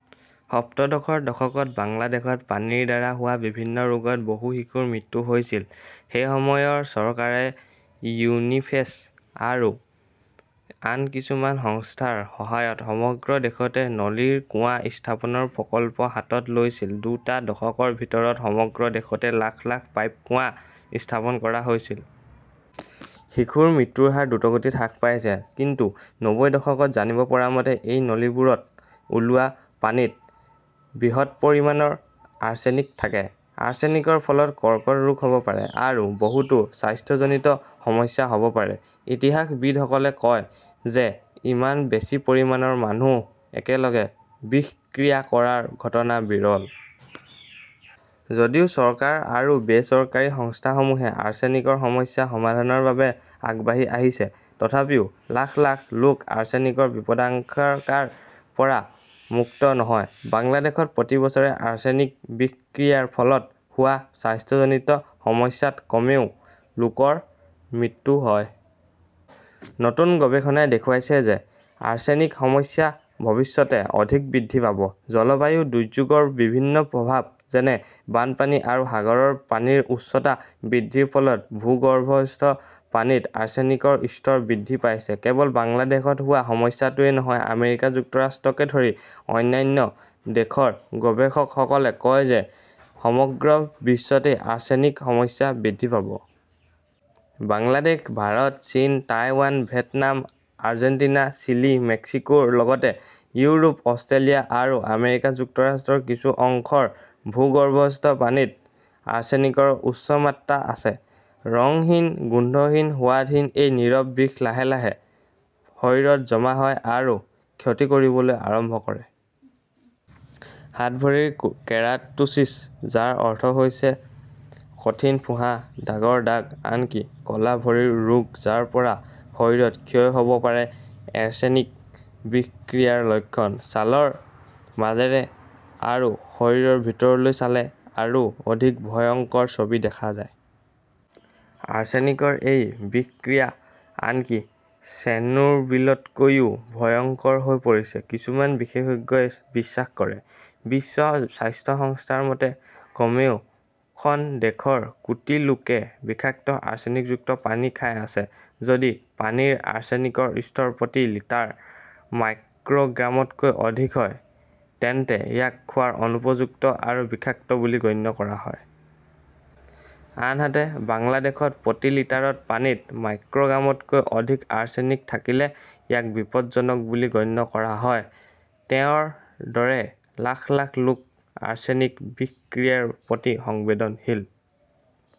সপ্তদশৰ দশকত বাংলাদেশত পানীৰ দ্বাৰা হোৱা বিভিন্ন ৰোগত বহু শিশুৰ মৃত্যু হৈছিল। সেই সময়ৰ চৰকাৰে ইউনিচেফ আৰু আন কিছুমান সংস্থাৰ সহায়ত সমগ্ৰ দেশতে নলীৰ কুঁৱা স্থাপনৰ প্ৰকল্প হাতত লৈছিল। দুটা দশকৰ ভিতৰত সমগ্ৰ দেশতে লাখ লাখ পাইপ কুঁৱা স্থাপন কৰা হৈছিল। শিশুৰ মৃত্যুৰ হাৰ দ্ৰুতগতিত হ্ৰাস পাইছে। কিন্তু নব্বৈৰ দশকত, জানিব পৰা মতে, এই নলীবোৰত ওলোৱা পানীত বৃহৎ পৰিমাণৰ আৰ্ছেনিক থাকে। আৰ্ছেনিকৰ ফলত কৰ্কট ৰোগ হʼব পাৰে, আৰু বহুতো স্বাস্থ্যজনিত সমস্যা হʼব পাৰে। ইতিহাসবিদসকলে কয় যে ইমান বেছি পৰিমাণৰ মানুহ একেলগে বিষক্ৰিয়া কৰাৰ ঘটনা বিৰল। যদিও চৰকাৰ আৰু বেচৰকাৰী সংস্থাসমূহে আৰ্ছেনিকৰ সমস্যা সমাধানৰ বাবে আগবাঢ়ি আহিছে, তথাপিও লাখ লাখ লোক আৰ্ছেনিকৰ বিপদাশংকাৰ পৰা মুক্ত নহয়। বাংলাদেশত প্ৰতি বছৰে আৰ্ছেনিক বিষক্ৰিয়াৰ ফলত হোৱা স্বাস্থ্যজনিত সমস্যাত কমেও লোকৰ মৃত্যু হয়। নতুন গৱেষণাই দেখুৱাইছে যে আৰ্ছেনিক সমস্যা ভৱিষ্যতে অধিক বৃদ্ধি পাব। জলবায়ু দুৰ্যোগৰ বিভিন্ন প্ৰভাৱ, যেনে বানপানী আৰু সাগৰৰ পানীৰ উচ্চতা বৃদ্ধিৰ ফলত ভূগৰ্ভস্থ পানীত আৰ্ছেনিকৰ স্তৰ বৃদ্ধি পাইছে। কেৱল বাংলাদেশত হোৱা সমস্যাটোৱেই নহয়, আমেৰিকা যুক্তৰাষ্ট্ৰকে ধৰি অন্যান্য দেশৰ গৱেষকসকলে কয় যে সমগ্ৰ বিশ্বতে আৰ্ছেনিক সমস্যা বৃদ্ধি পাব। বাংলাদেশ, ভাৰত, চীন, টাইৱান, ভিয়েটনাম, আৰ্জেণ্টিনা, চিলি, মেক্সিকোৰ লগতে ইউৰোপ, অষ্ট্ৰেলিয়া আৰু আমেৰিকা যুক্তৰাষ্ট্ৰৰ কিছু অংশৰ ভূগৰ্ভস্থ পানীত আৰ্ছেনিকৰ উচ্চ মাত্ৰা আছে। ৰঙহীন, গোন্ধহীন, সোৱাদহীন এই নীৰৱ বিষ লাহে লাহে শৰীৰত জমা হয় আৰু ক্ষতি কৰিবলৈ আৰম্ভ কৰে। হাত-ভৰিৰ কেৰাটোচিছ, যাৰ অৰ্থ হৈছে কঠিন ফোঁহা, দাগৰ দাগ, আনকি ক'লা ভৰিৰ ৰোগ যাৰ পৰা শৰীৰত ক্ষয় হ'ব পাৰে-এৰ্ছেনিক বিষক্ৰিয়াৰ লক্ষণ। ছালৰ মাজেৰে আৰু শৰীৰৰ ভিতৰলৈ চালে আৰু অধিক ভয়ংকৰ ছবি দেখা যায়। আৰ্ছেনিকৰ এই বিষক্ৰিয়া আনকি চেৰ্নোবিলতকৈও ভয়ংকৰ হৈ পৰিছে, কিছুমান বিশেষজ্ঞই বিশ্বাস কৰে। বিশ্ব স্বাস্থ্য সংস্থাৰ মতে, কমেও খন দেশৰ কোটি লোকে বিষাক্ত আৰ্ছেনিকযুক্ত পানী খাই আছে। যদি পানীৰ আৰ্ছেনিকৰ স্তৰ প্ৰতি লিটাৰত মাইক্ৰগ্ৰামতকৈ অধিক হয় তেন্তে ইয়াক খোৱাৰ অনুপযুক্ত আৰু বিষাক্ত বুলি গণ্য কৰা হয়। আনহাতে, বাংলাদেশত প্ৰতি লিটাৰ পানীত মাইক্ৰগ্ৰামতকৈ অধিক আৰ্ছেনিক থাকিলে ইয়াক বিপদজনক বুলি গণ্য কৰা হয়। তেওঁৰ দৰে লাখ লাখ লোক আৰ্ছেনিক বিষক্ৰিয়াৰ প্ৰতি সংবেদনশীল।